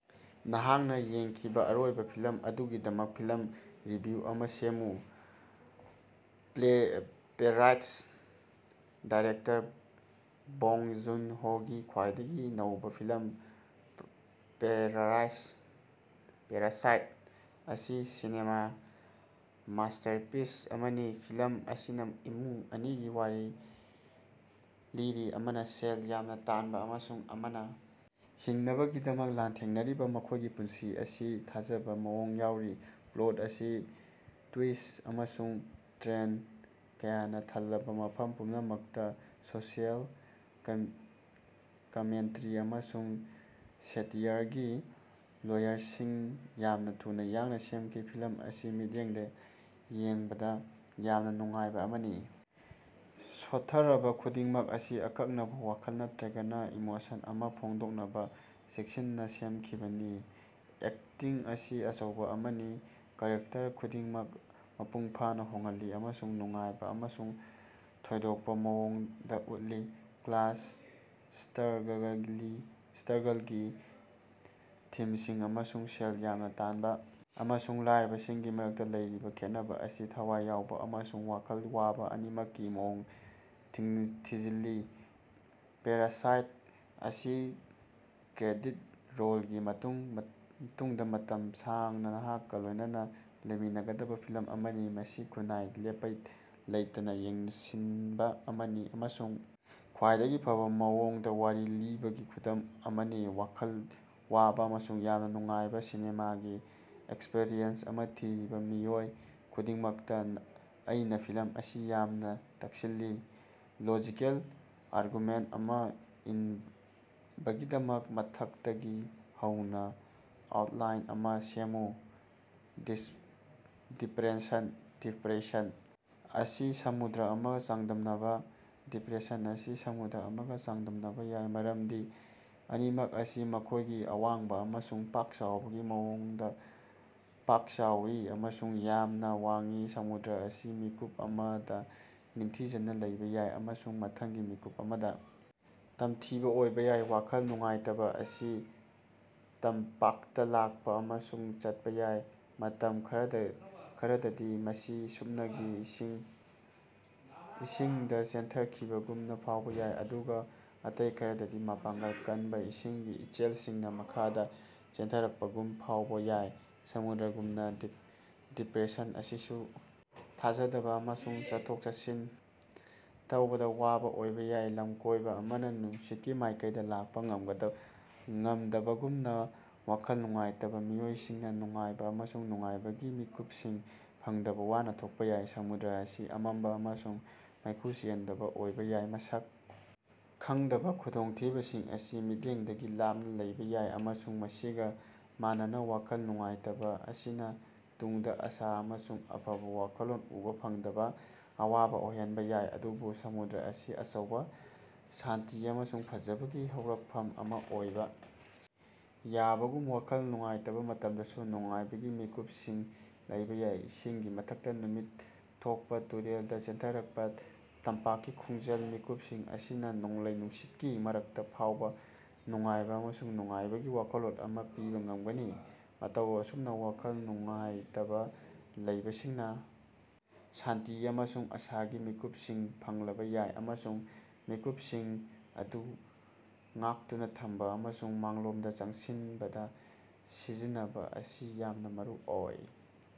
ꯅꯍꯥꯛꯅꯥ ꯌꯦꯡꯈꯤꯕꯥ ꯑꯔꯣꯏꯕꯥ ꯐꯤꯂꯝ ꯑꯗꯨꯒꯤꯗꯃꯛ ꯐꯤꯂꯝ ꯔꯤꯚꯤꯌꯨ ꯑꯃꯥ ꯁꯦꯝꯃꯨ꯫ ꯄꯦꯔꯥꯁꯥꯏꯠ꯫ ꯗꯥꯏꯔꯦꯛꯇꯔ ꯕꯣꯡ ꯖꯨꯟ-ꯍꯣꯒꯤ ꯈ꯭ꯋꯥꯏꯗꯒꯤ ꯅꯧꯕꯥ ꯐꯤꯂꯝ ꯄꯦꯔꯥꯁꯥꯏꯠ ꯑꯁꯤ ꯁꯤꯅꯦꯃꯥꯒꯤ ꯃꯥꯁ꯭ꯇꯔꯄꯤꯁ ꯑꯃꯅꯤ꯫ ꯐꯤꯂꯝ ꯑꯁꯤꯅ ꯏꯃꯨꯡ ꯑꯅꯤꯒꯤ ꯋꯥꯔꯤ ꯂꯤꯔꯤ ꯑꯃꯅ ꯁꯦꯜ ꯌꯥꯝꯅ ꯇꯥꯟꯕ ꯑꯃꯁꯨꯡ ꯑꯃꯅ ꯍꯤꯡꯅꯕꯒꯤꯗꯃꯛ ꯂꯥꯟꯊꯦꯡꯅꯔꯤꯕ ꯃꯈꯣꯢꯒꯤ ꯄꯨꯟꯁꯤ ꯑꯁꯤ ꯊꯥꯖꯗꯕ ꯃꯑꯣꯡꯗ ꯌꯥꯎꯔꯤ꯫ ꯄ꯭ꯂꯣꯠ ꯑꯁꯤ ꯇ꯭ꯌꯨꯏꯁ ꯑꯃꯁꯨꯡ ꯇꯔꯟ ꯀꯌꯥꯅ ꯊꯜꯂꯕ ꯃꯐꯝ ꯄꯨꯝꯅꯃꯛꯇ ꯁꯣꯁꯤꯌꯦꯜ ꯀꯃꯦꯟꯇꯔꯤ ꯑꯃꯁꯨꯡ ꯁꯦꯇꯤꯌꯔꯒꯤ ꯂꯦꯌꯔꯁꯤꯡ ꯌꯥꯝꯅꯥ ꯊꯨꯅꯥ ꯌꯥꯡꯅꯥ ꯁꯦꯝꯈꯤ꯫ ꯐꯤꯂꯝ ꯑꯁꯤ ꯃꯤꯠꯌꯦꯡꯗ ꯌꯦꯡꯕꯗ ꯌꯥꯝꯅ ꯅꯨꯡꯉꯥꯏꯕ ꯑꯃꯅꯤ ꯁꯣꯠꯊꯔꯕ ꯈꯨꯗꯤꯡꯃꯛ ꯑꯁꯤ ꯑꯀꯛꯅꯕ ꯋꯥꯈꯜ ꯅꯠꯇ꯭ꯔꯒ ꯏꯃꯣꯁꯟ ꯑꯃ ꯐꯣꯡꯗꯣꯛꯅꯕ ꯆꯦꯛꯁꯤꯟꯅꯥ ꯁꯦꯝꯈꯤꯕꯅꯤ꯫ ꯑꯦꯛꯇꯤꯡ ꯑꯁꯤ ꯑꯆꯧꯕꯥ ꯑꯃꯅꯤ ꯀꯦꯔꯦꯛꯇꯔ ꯈꯨꯗꯤꯡꯃꯛ ꯃꯄꯨꯡ ꯐꯥꯅ ꯈꯪꯍꯜꯂꯤ ꯑꯃꯁꯨꯡ ꯅꯨꯡꯉꯥꯏꯕ ꯑꯃꯁꯨꯡ ꯊꯣꯏꯗꯣꯛꯄ ꯃꯑꯣꯡꯗ ꯎꯠꯂꯤ꯫ ꯀ꯭ꯂꯥꯁ ꯁ꯭ꯠꯔꯒꯂꯒꯤ ꯊꯤꯝꯁꯤꯡ ꯑꯃꯁꯨꯡ ꯁꯦꯜ ꯌꯥꯝꯅ ꯇꯥꯟꯕꯥ ꯑꯃꯁꯨꯡ ꯂꯥꯢꯔꯕꯁꯤꯡꯒꯤ ꯃꯔꯛꯇ ꯂꯩꯔꯤꯕ ꯈꯦꯠꯅꯕ ꯑꯁꯤ ꯊꯋꯥꯏ ꯌꯥꯎꯕ ꯑꯃꯁꯨꯡ ꯋꯥꯈꯜ ꯋꯥꯕ ꯑꯅꯤꯃꯛꯀꯤ ꯃꯑꯣꯡꯗ ꯊꯤꯖꯤꯜꯂꯤ꯫ ꯄꯦꯔꯥꯁꯥꯏꯠ ꯑꯁꯤ ꯀ꯭ꯔꯦꯗꯤꯠ ꯔꯣꯜꯒꯤ ꯃꯇꯨꯡꯗ ꯃꯇꯝ ꯁꯥꯡꯅ ꯅꯍꯥꯛꯀ ꯂꯣꯢꯅꯅꯥ ꯂꯩꯃꯤꯟꯅꯒꯗꯕꯥ ꯐꯤꯂꯝ ꯑꯃꯅꯤ꯫ ꯃꯁꯤ ꯈꯨꯟꯅꯥꯏ ꯂꯦꯞꯄꯥ ꯂꯩꯇꯅꯥ ꯌꯦꯡꯁꯤꯟꯕ ꯑꯃꯅꯤ ꯑꯃꯁꯨꯡ ꯈ꯭ꯋꯥꯏꯗꯒꯤ ꯐꯕ ꯃꯑꯣꯡꯗ ꯋꯥꯔꯤ ꯂꯤꯕꯒꯤ ꯈꯨꯗꯝ ꯑꯃꯅꯤ꯫ ꯋꯥꯈꯜ ꯋꯥꯕ ꯑꯃꯁꯨꯡ ꯌꯥꯝꯅ ꯅꯨꯡꯉꯥꯏꯕ ꯁꯤꯅꯦꯃꯥꯒꯤ ꯑꯦꯛꯁꯄꯔꯤꯌꯦꯟꯁ ꯑꯃ ꯊꯤꯔꯤꯕꯥ ꯃꯤꯑꯣꯏ ꯈꯨꯗꯤꯡꯃꯛꯇ ꯑꯩꯅꯥ ꯐꯤꯂꯝ ꯑꯁꯤ ꯌꯥꯝꯅ ꯇꯛꯁꯤꯜꯂꯤ꯫ ꯂꯣꯖꯤꯀꯦꯜ ꯑꯥꯔꯒꯨꯃꯦꯟꯇ ꯑꯃ ꯏꯟꯕꯒꯤꯗꯃꯛ ꯃꯊꯛꯇꯒꯤ ꯍꯧꯅꯥ ꯑꯥꯎꯇꯂꯥꯏꯟ ꯑꯃꯥ ꯁꯦꯝꯃꯨ꯫ ꯗꯤꯄ꯭ꯔꯦꯁꯟ ꯑꯁꯤ ꯁꯃꯨꯗ꯭ꯔ ꯑꯃꯒ ꯆꯥꯡꯗꯝꯅꯕꯥ꯫ ꯗꯤꯄ꯭ꯔꯦꯁꯟ ꯑꯁꯤ ꯁꯃꯨꯗ꯭ꯔ ꯑꯃꯒ ꯆꯥꯡꯗꯝꯅꯕꯥ ꯌꯥꯏ ꯃꯔꯝꯗꯤ ꯑꯅꯤꯃꯛ ꯑꯁꯤ ꯃꯈꯣꯢꯒꯤ ꯑꯋꯥꯡꯕꯥ ꯑꯃꯁꯨꯡ ꯄꯥꯛ-ꯆꯥꯎꯕꯒꯤ ꯃꯑꯣꯡꯗ ꯄꯥꯛ-ꯆꯥꯎꯏ ꯑꯃꯁꯨꯡ ꯌꯥꯝꯅꯥ ꯋꯥꯡꯏ꯫ ꯁꯃꯨꯗ꯭ꯔ ꯑꯁꯤ ꯃꯤꯀꯨꯞ ꯑꯃꯗ ꯅꯤꯡꯊꯤꯖꯅ ꯂꯩꯕꯥ ꯌꯥꯏ ꯑꯃꯁꯨꯡ ꯃꯊꯪꯒꯤ ꯃꯤꯀꯨꯞ ꯑꯃꯗꯥ ꯇꯝꯊꯤꯕ ꯑꯣꯏꯕꯥ ꯌꯥꯏ ꯋꯥꯈꯜ ꯅꯨꯡꯉꯥꯏꯇꯕ ꯑꯁꯤ ꯇꯝꯄꯥꯛꯇ ꯂꯥꯛꯄ ꯑꯃꯁꯨꯡ ꯆꯠꯄꯥ ꯌꯥꯏ꯫ ꯃꯇꯝ ꯈꯔꯗꯗꯤ ꯃꯁꯤ ꯁꯨꯞꯅꯒꯤ ꯏꯁꯤꯡꯗ ꯆꯦꯟꯊꯈꯤꯕꯒꯨꯝꯅ ꯐꯥꯎꯕ ꯌꯥꯏ ꯑꯗꯨꯒ ꯑꯇꯩ ꯈꯔꯗꯗꯤ ꯃꯄꯥꯡꯒꯜ ꯀꯟꯕ ꯏꯁꯤꯡꯒꯤ ꯏꯆꯦꯜꯁꯤꯡꯅ ꯃꯈꯥꯗ ꯆꯦꯟꯊꯔꯛꯄꯒꯨꯝꯅ ꯐꯥꯎꯕ ꯌꯥꯏ꯫ ꯁꯃꯨꯗ꯭ꯔꯒꯨꯝꯅ ꯗꯤꯄ꯭ꯔꯦꯁꯟ ꯑꯁꯤꯁꯨ ꯊꯥꯖꯗꯕ ꯑꯃꯁꯨꯡ ꯆꯠꯊꯣꯛ-ꯆꯠꯁꯤꯟ ꯇꯧꯕꯗ ꯋꯥꯕ ꯑꯣꯏꯕꯥ ꯌꯥꯏ꯫ ꯂꯝꯀꯣꯢꯕ ꯑꯃꯅ ꯅꯨꯡꯁꯤꯠꯀꯤ ꯃꯥꯏꯀꯩꯗ ꯂꯥꯛꯄ ꯉꯝꯗꯕꯒꯨꯝꯅ ꯋꯥꯈꯜ ꯅꯨꯡꯉꯥꯏꯇꯕ ꯃꯤꯑꯣꯏꯁꯤꯡꯅ ꯅꯨꯡꯉꯥꯏꯕ ꯑꯃꯁꯨꯡ ꯅꯨꯡꯉꯥꯏꯕꯒꯤ ꯃꯤꯀꯨꯞꯁꯤꯡ ꯐꯪꯕꯗ ꯋꯥꯅ ꯊꯣꯛꯄꯥ ꯌꯥꯏ꯫ ꯁꯃꯨꯗ꯭ꯔ ꯑꯁꯤ ꯑꯃꯝꯕ ꯑꯃꯁꯨꯡ ꯃꯩꯈꯨ ꯆꯦꯟꯗꯕ ꯑꯣꯏꯕꯥ ꯌꯥꯏ ꯃꯁꯛ ꯈꯪꯗꯕꯥ ꯈꯨꯗꯣꯡꯊꯤꯕꯁꯤꯡ ꯑꯁꯤ ꯃꯤꯠꯌꯦꯡꯗꯒꯤ ꯂꯥꯞꯅꯥ ꯂꯩꯕꯥ ꯌꯥꯏ ꯑꯃꯁꯨꯡ ꯃꯁꯤꯒꯥ ꯃꯥꯟꯅꯅ ꯋꯥꯈꯜ ꯅꯨꯡꯉꯥꯏꯇꯕꯥ ꯑꯁꯤꯅꯥ ꯇꯨꯡꯗꯥ ꯑꯥꯁꯥ ꯑꯃꯁꯨꯡ ꯑꯐꯕ ꯋꯥꯈꯜꯂꯣꯟ ꯎꯕꯥ ꯐꯪꯕꯗ ꯑꯋꯥꯕ ꯑꯣꯏꯍꯟꯕ ꯌꯥꯏ꯫ ꯑꯗꯨꯕꯨ ꯁꯃꯨꯗ꯭ꯔ ꯑꯁꯤ ꯑꯆꯧꯕ ꯁꯥꯟꯇꯤ ꯑꯃꯁꯨꯡ ꯐꯖꯕꯒꯤ ꯍꯧꯔꯛꯐꯝ ꯑꯃ ꯑꯣꯏꯕ ꯌꯥꯕꯒꯨꯝ ꯋꯥꯈꯜ ꯅꯨꯡꯉꯥꯏꯇꯕ ꯃꯇꯝꯗꯁꯨ ꯅꯨꯡꯉꯥꯏꯕꯒꯤ ꯃꯤꯀꯨꯞꯁꯤꯡ ꯂꯩꯕꯥ ꯌꯥꯏ꯫ ꯏꯁꯤꯡꯒꯤ ꯃꯊꯛꯇ ꯅꯨꯃꯤꯠ ꯊꯣꯛꯄꯥ ꯇꯨꯔꯦꯜꯗ ꯆꯦꯟꯊꯔꯛꯄ ꯇꯝꯄꯥꯛꯀꯤ ꯈꯣꯟꯖꯦꯜ- ꯃꯤꯀꯨꯞꯁꯤꯡ ꯑꯁꯤꯅ ꯅꯣꯡꯂꯩ-ꯅꯨꯡꯁꯤꯠꯀꯤ ꯃꯔꯛꯇ ꯐꯥꯎꯕ ꯅꯨꯡꯉꯥꯏꯕ ꯑꯃꯁꯨꯡ ꯅꯨꯡꯉꯥꯏꯕꯒꯤ ꯋꯥꯈꯜꯂꯣꯟ ꯑꯃꯥ ꯄꯤꯕꯥ ꯉꯝꯒꯅꯤ꯫ ꯃꯇꯧ ꯑꯁꯨꯝꯅꯥ ꯋꯥꯈꯜ ꯅꯨꯡꯉꯥꯏꯇꯕꯥ ꯂꯩꯕꯁꯤꯡꯅꯥ ꯁꯥꯟꯇꯤ ꯑꯃꯁꯨꯡ ꯑꯥꯁꯥꯒꯤ ꯃꯤꯀꯨꯞꯁꯤꯡ ꯐꯪꯂꯕꯥ ꯌꯥꯏ ꯑꯃꯁꯨꯡ ꯃꯤꯀꯨꯞꯁꯤꯡ ꯑꯗꯨ ꯉꯥꯛꯇꯨꯅ ꯊꯝꯕ ꯑꯃꯁꯨꯡ ꯃꯥꯡꯂꯣꯝꯗꯥ ꯆꯪꯁꯤꯟꯕꯗ ꯁꯤꯖꯤꯟꯅꯕ ꯑꯁꯤ ꯌꯥꯝꯅ ꯃꯔꯨꯑꯣꯏ꯫